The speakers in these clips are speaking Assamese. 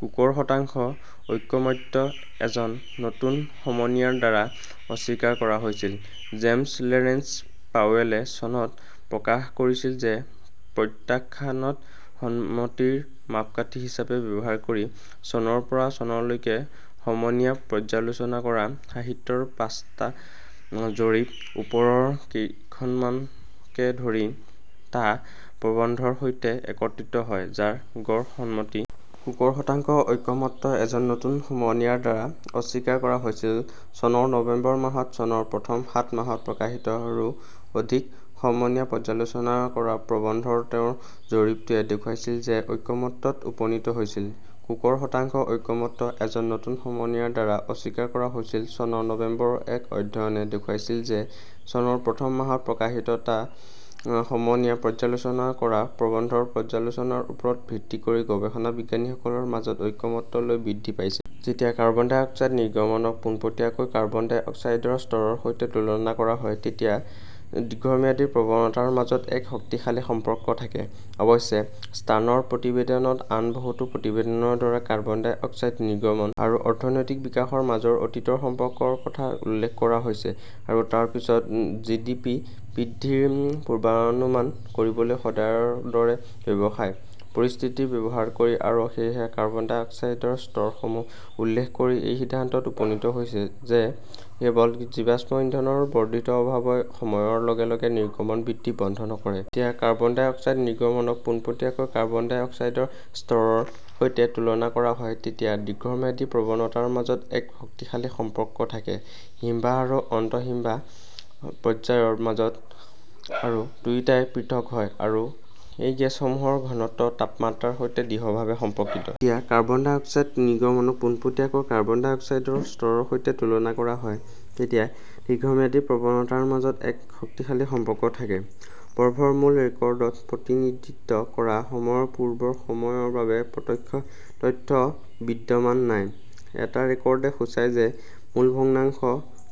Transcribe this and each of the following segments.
কুকৰ ' শতাংশ ঐকমত্য' এজন নতুন সমনীয়াৰ দ্বাৰা অস্বীকাৰ কৰা হৈছিল জেমছ লৰেন্স পাৱেলে চনত প্ৰকাশ কৰিছিল যে প্ৰত্যাখ্যানক সন্মতিৰ মাপকাঠি হিচাপে ব্যৱহাৰ কৰি, চনৰ পৰা চনলৈকে সমনীয়া-পৰ্যালোচনা কৰা সাহিত্যৰ পাঁচটা জৰীপ, ওপৰৰ কেইখনমানকে ধৰি, টা প্ৰবন্ধৰ সৈতে একত্ৰিত হয় যাৰ গড় সন্মতি। কুকৰ ' শতাংশ ঐকমত্য' এজন নতুন সমনীয়াৰ দ্বাৰা অস্বীকাৰ কৰা হৈছিল চনৰ নৱেম্বৰ মাহত, চনৰ প্ৰথম সাত মাহত প্ৰকাশিত, ৰো অধিক সমনীয়া-পৰ্যালোচনা কৰা প্ৰবন্ধৰ তেওঁৰ জৰীপটোৱে দেখুৱাইছিল যে ঐকমত্য ত উপনীত হৈছিল। কুকৰ ' শতাংশ ঐকমত্য' এজন নতুন সমনীয়াৰ দ্বাৰা অস্বীকাৰ কৰা হৈছিল চনৰ নৱেম্বৰৰ এক অধ্যয়নে দেখুৱাইছিল যে চনৰ প্ৰথম মাহত প্ৰকাশিত টা সমনীয়া-পৰ্যালোচনা কৰা প্ৰবন্ধৰ পৰ্যালোচনাৰ ওপৰত ভিত্তি কৰি গৱেষণা বিজ্ঞানীসকলৰ মাজত ঐকমত্য লৈ বৃদ্ধি পাইছে। যেতিয়া কাৰ্বন ডাই অক্সাইড নিৰ্গমনক পোনপটীয়াকৈ কাৰ্বন ডাই অক্সাইডৰ স্তৰৰ সৈতে তুলনা কৰা হয়, তেতিয়া দীৰ্ঘম্যাদী প্ৰৱণতাৰ মাজত এক শক্তিশালী সম্পৰ্ক থাকে। অৱশ্যে, ষ্টাৰ্ণৰ প্ৰতিবেদনত, আন বহুতো প্ৰতিবেদনৰ দৰে, কাৰ্বন ডাই অক্সাইড নিৰ্গমন আৰু অৰ্থনৈতিক বিকাশৰ মাজৰ অতীতৰ সম্পৰ্কৰ কথা উল্লেখ কৰা হৈছে আৰু তাৰ পিছত জিডিপি বৃদ্ধিৰ পূৰ্বানুমান কৰিবলৈ "সদায়ৰ দৰে ব্যৱসায়" পৰিস্থিতি ব্যৱহাৰ কৰি আৰু সেয়েহে কাৰ্বন ডাই অক্সাইড -ৰ স্তৰসমূহ উল্লেখ কৰি এই সিদ্ধান্তত উপনীত হৈছে যেঃ কেৱল জীৱাশ্ম ইন্ধনৰ বৰ্ধিত অভাৱই সময়ৰ লগে লগে নিৰ্গমন বৃদ্ধি বন্ধ নকৰে। যেতিয়া কাৰ্বন ডাই অক্সাইড নিৰ্গমনক পোনপটীয়াকৈ কাৰ্বন ডাই অক্সাইডৰ স্তৰৰ সৈতে তুলনা কৰা হয়, তেতিয়া দীৰ্ঘম্যাদী প্ৰৱণতাৰ মাজত এক শক্তিশালী সম্পৰ্ক থাকে। হিমবাহ আৰু আন্তঃ হিমবাহ পৰ্যায়ৰ মাজত আৰু দুয়োটাই পৃথক হয়, আৰু এই গেছসমূহৰ ঘনত্ব তাপমাত্ৰাৰ সৈতে দৃঢ়ভাৱে সম্পৰ্কিত। যেতিয়া কাৰ্বন ডাই অক্সাইড নিৰ্গমনক পোনপটীয়াকৈ কাৰ্বন ডাই অক্সাইডৰ স্তৰৰ সৈতে তুলনা কৰা হয়, তেতিয়া দীৰ্ঘম্যাদী প্ৰৱণতাৰ মাজত এক শক্তিশালী সম্পৰ্ক থাকে। বৰফৰ মূল ৰেকৰ্ডত প্ৰতিনিধিত্ব কৰা সময়ৰ পূৰ্বৰ সময়ৰ বাবে প্ৰত্যক্ষ তথ্য বিদ্যমান নাই, এটা ৰেকৰ্ডে সূচায় যে মোল ভগ্নাংশ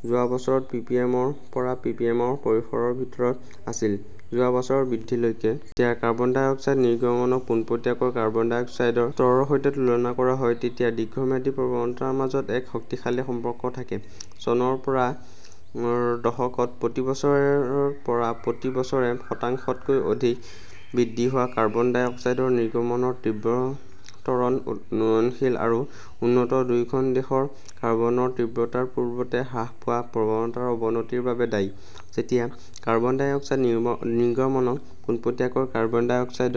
যোৱা বছৰত পিপিএমৰ পৰা পিপিএমৰ পৰিসৰৰ ভিতৰত আছিল, যোৱা বছৰৰ বৃদ্ধিলৈকে। যেতিয়া কাৰ্বন ডাই অক্সাইড নিৰ্গমনক পোনপটীয়াকৈ কাৰ্বন ডাই অক্সাইডৰ স্তৰৰ সৈতে তুলনা কৰা হয়, তেতিয়া দীৰ্ঘম্যাদী প্ৰৱণতাৰ মাজত এক শক্তিশালী সম্পৰ্ক থাকে। চনৰ পৰা -ৰ দশকত প্ৰতি বছৰে ৰ পৰা প্ৰতি বছৰে শতাংশতকৈ অধিক বৃদ্ধি হোৱা কাৰ্বন ডাই অক্সাইড নিৰ্গমনৰ তীব্ৰ ত্বৰণ উন্নয়নশীল আৰু উন্নত দুয়োখন দেশৰ কাৰ্বনৰ তীব্ৰতাৰ পূৰ্বতে হ্ৰাস পোৱা প্ৰৱণতাৰ অৱনতিৰ বাবে দায়ী। যেতিয়া কাৰ্বন ডাই অক্সাইড নিৰ্গমনক পোনপটীয়াকৈ কাৰ্বন ডাই অক্সাইডৰ